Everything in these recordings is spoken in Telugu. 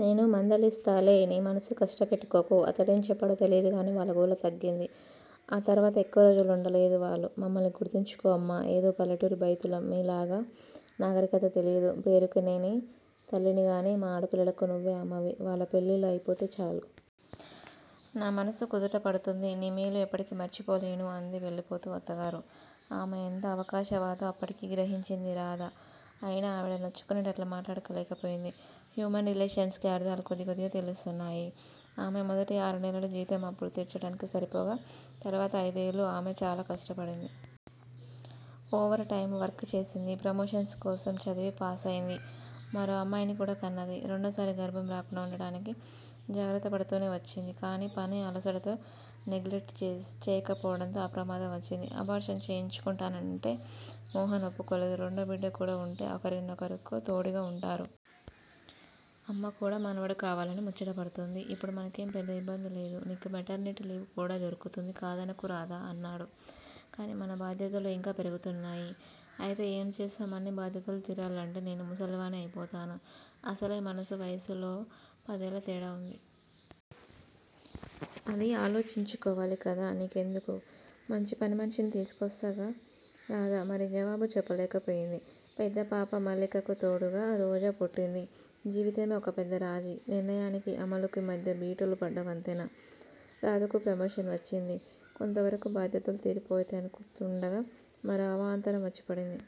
నేను మందలిస్తాలే నీ మనసు కష్టపెట్టుకోకు. అతడేం చెప్పాడో తెలియదుకాని వాళ్ళ గోల తగ్గింది. ఆ తర్వాత ఎక్కువ రోజులుండలేదు వాళ్ళు. మమ్మల్ని గుర్తుంచుకో అమ్మా! ఏదో పల్లెటూరి బైతులం మీలాగా నాగరికత తెలియదు పేరుకి నేనే తల్లినిగాని మా ఆడపిల్లలకు నువ్వే అమ్మవి. వాళ్ళ పెళ్ళిళ్ళు అయిపోతే చాలు. నా మనసు కుదుట పడుతుంది. నీ మేలు ఎప్పటికీ మర్చిపోలేను అంది వెళ్ళిపోతూ అత్తగారు. ఆమె ఎంత అవకాశవాదో అప్పటికే గ్రహించింది రాధ అయినా ఆవిడ నొచ్చుకునేటట్లు మాట్లాడలేకపోయింది. హ్యూమన్ రిలేషన్స్ కి అర్ధాలు కొద్దికొద్దిగా తెలుస్తున్నాయి. ఆమె మొదటి ఆరునెలలు జీతం అప్పులు తీర్చడానికి సరిపోగా తర్వాత అయిదేళ్ళు ఆమె చాలా కష్టపడింది. ఓవర్ టైం వర్క్ చేసింది. ప్రమోషన్ కోసం చదివి పాసయింది. మరో అమ్మాయిని కూడా కన్నది. రెండోసారి గర్భం రాకుండా వుండటానికి జాగ్రత్తపడుతూనే వచ్చింది. కాని పని అలసటలో నెగ్లెక్ట్ చేయడంతో ఆ ప్రమాదం వచ్చింది. అబార్షన్ చేయించుకుంటానంటే మోహన్ ఒప్పుకోలేదు. రెండో బిడ్డకూడా వుంటే ఒకరికొకరు తోడుగా వుంటారు. అమ్మకూడా మనవడు కావాలని ముచ్చటపడుతోంది ఇప్పుడు మనకేం పెద్ద యిబ్బందిలేదు. నీకు మెటర్నిటీ లీవు కూడా దొరుకుతుంది. కాదనకు రాధా! అన్నాడు. కాని మన బాధ్యతలు యింకా పెరుగుతాయి. అయితే ఏం చేస్తాం అన్ని బాధ్యతలూ తీరాలంటే నేను ముసలి వాణ్ని అయిపోతాను. అసలే మనసు వయసులో పదేళ్ళ తేడా వుందీ. అదీ ఆలోచించుకోవాలి కదా నీకెందుకు? మంచి పనిమనిషిని తీసుకొస్తాగా. రాధ మరి జవాబు చెప్పలేకపోయింది. పెద్దపాప మల్లికకు తోడుగా 'రోజా' పుట్టింది. జీవితమే ఒక పెద్ద రాజీ. నిర్ణయానికీ, అమలుకీ మధ్య బీటలుపడ్డ వంతెన. రాధకు ప్రమోషన్ వచ్చింది. కొంతవరకు బాధ్యతలు తీరిపోతాయనుకుంటుండగా మరో అవాంతరం వచ్చిపడింది.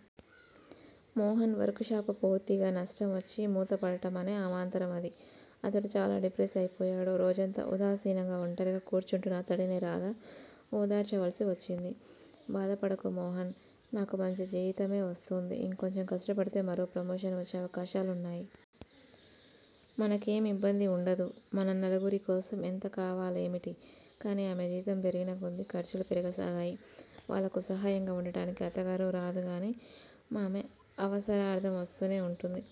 మోహన్ వర్క్ షాప్ పూర్తిగా నష్టం వచ్చి మూతపడటం అనే అవాంతరం అది. అతడు చాలా డిప్రెస్ అయిపోయాడు. రోజంతా ఉదాసీనంగా ఒంటరిగా కూర్చుంటున్న అతడిని రాధే ఓదార్చవలసి వచ్చింది. బాధపడకు మోహన్! నాకు మంచి జీతమే వస్తోంది. ఇంకొంచెం కష్టపడితే మరో ప్రమోషన్ వచ్చే అవకాశాలున్నాయి. మనకేం ఇబ్బంది వుండదు. మన నలుగురికోసం ఎంత కావాలేమిటి? కాని ఆమె జీతం పెరిగినకొద్దీ ఖర్చులూ పెరగసాగాయి. వాళ్ళకు సహాయంగా వుండటానికి అత్తగారు రాదుగానీ, ఆమె అవసరార్ధం వస్తూనే వుంటుంది.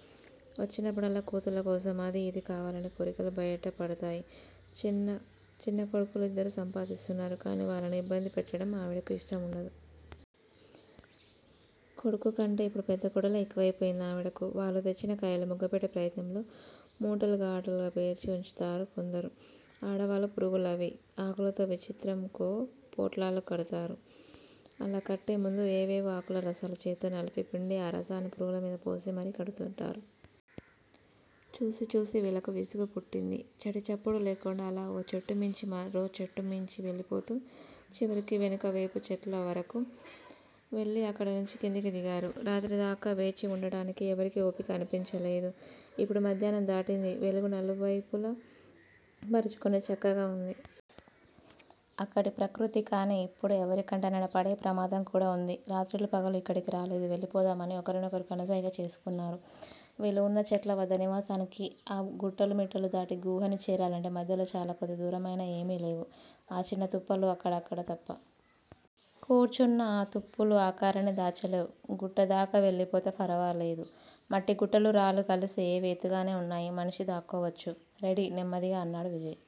వచ్చినప్పుడల్లా కూతుళ్ళ కోసం అదీ, ఇదీ కావాలనే కోరికలే బయటపడతాయి. చిన్నకొడుకులిద్దరూ సంపాదిస్తున్నారు. కాని వాళ్ళని యిబ్బంది పెట్టడం ఆవిడకు యిష్టం వుండదు. కొడుకుకంటే యిప్పుడు పెద్దకోడలే ఎక్కువయిపోయిందావిడకు. వాళ్ళు తెచ్చిన కాయలు ముగ్గపెట్టె ప్రయత్నంలో మూటలు గా టులాగా పేర్చి వుంచుతున్నారు కొందరు. ఆడవాళ్ళు పురుగులవి ఆకులతో విచిత్రంకో పొట్లాలు కడుతున్నారు. అలా కట్టేముందు ఏవేవో ఆకుల రసాలు చేత్తో నలిపి పిండి ఆ రసాన్ని పురుగులమీద పోసి మరీ కడుగుతున్నారు. చూసి చూసి వీళ్ళకి విసుగపుట్టింది. చడీ చప్పుడు లేకుండా అలా ఓ చెట్టుమీంచి మరో చెట్టుమీంచి వెళ్ళిపోతూ చివరికి వెనుకవేపు చెట్లవరకూ వెళ్ళి అక్కడ నుంచి కిందికి దిగారు. రాత్రిదాకా వేచివుండటానికి ఎవరికీ ఓపిక అనిపించలేదు. ఇప్పుడు మధ్యాహ్నం దాటింది. వెలుగు నలువైపులా పరుచుకుని చక్కగావుంది. అక్కడి ప్రకృతి కాని ఇప్పుడే ఎవరికంటనన్నా పడే ప్రామాదంకూడా వుంది. రాత్రిళ్ళు పగలు యిక్కడికి రాలేదు. వెళ్ళిపోదాం అని ఒకరినొకరు కనుసైగ చేసుకున్నారు. వీళ్ళువున్న చెట్లవద్ద నివాసానికి ఆ గుట్టలు మిట్టలు దాటి గుహని చేరాలంటే మధ్యలో చాలాకొద్ది దూరమైనా ఏమీలేవు ఆ చిన్న తుప్పలు అక్కడక్కడ తప్ప. కూర్చున్నా ఆతుప్పులు ఆకారాన్ని దాచాలేవు. గుట్టదాకా వెళ్ళిపోతే ఫరవాలేదు. మట్టిగుట్టలు రాళ్ళు కలసి ఏవి ఎత్తుగానే వున్నాయి మనిషి దాక్కోవచ్చు. రెడీ నెమ్మదిగా అన్నాడు విజయ్.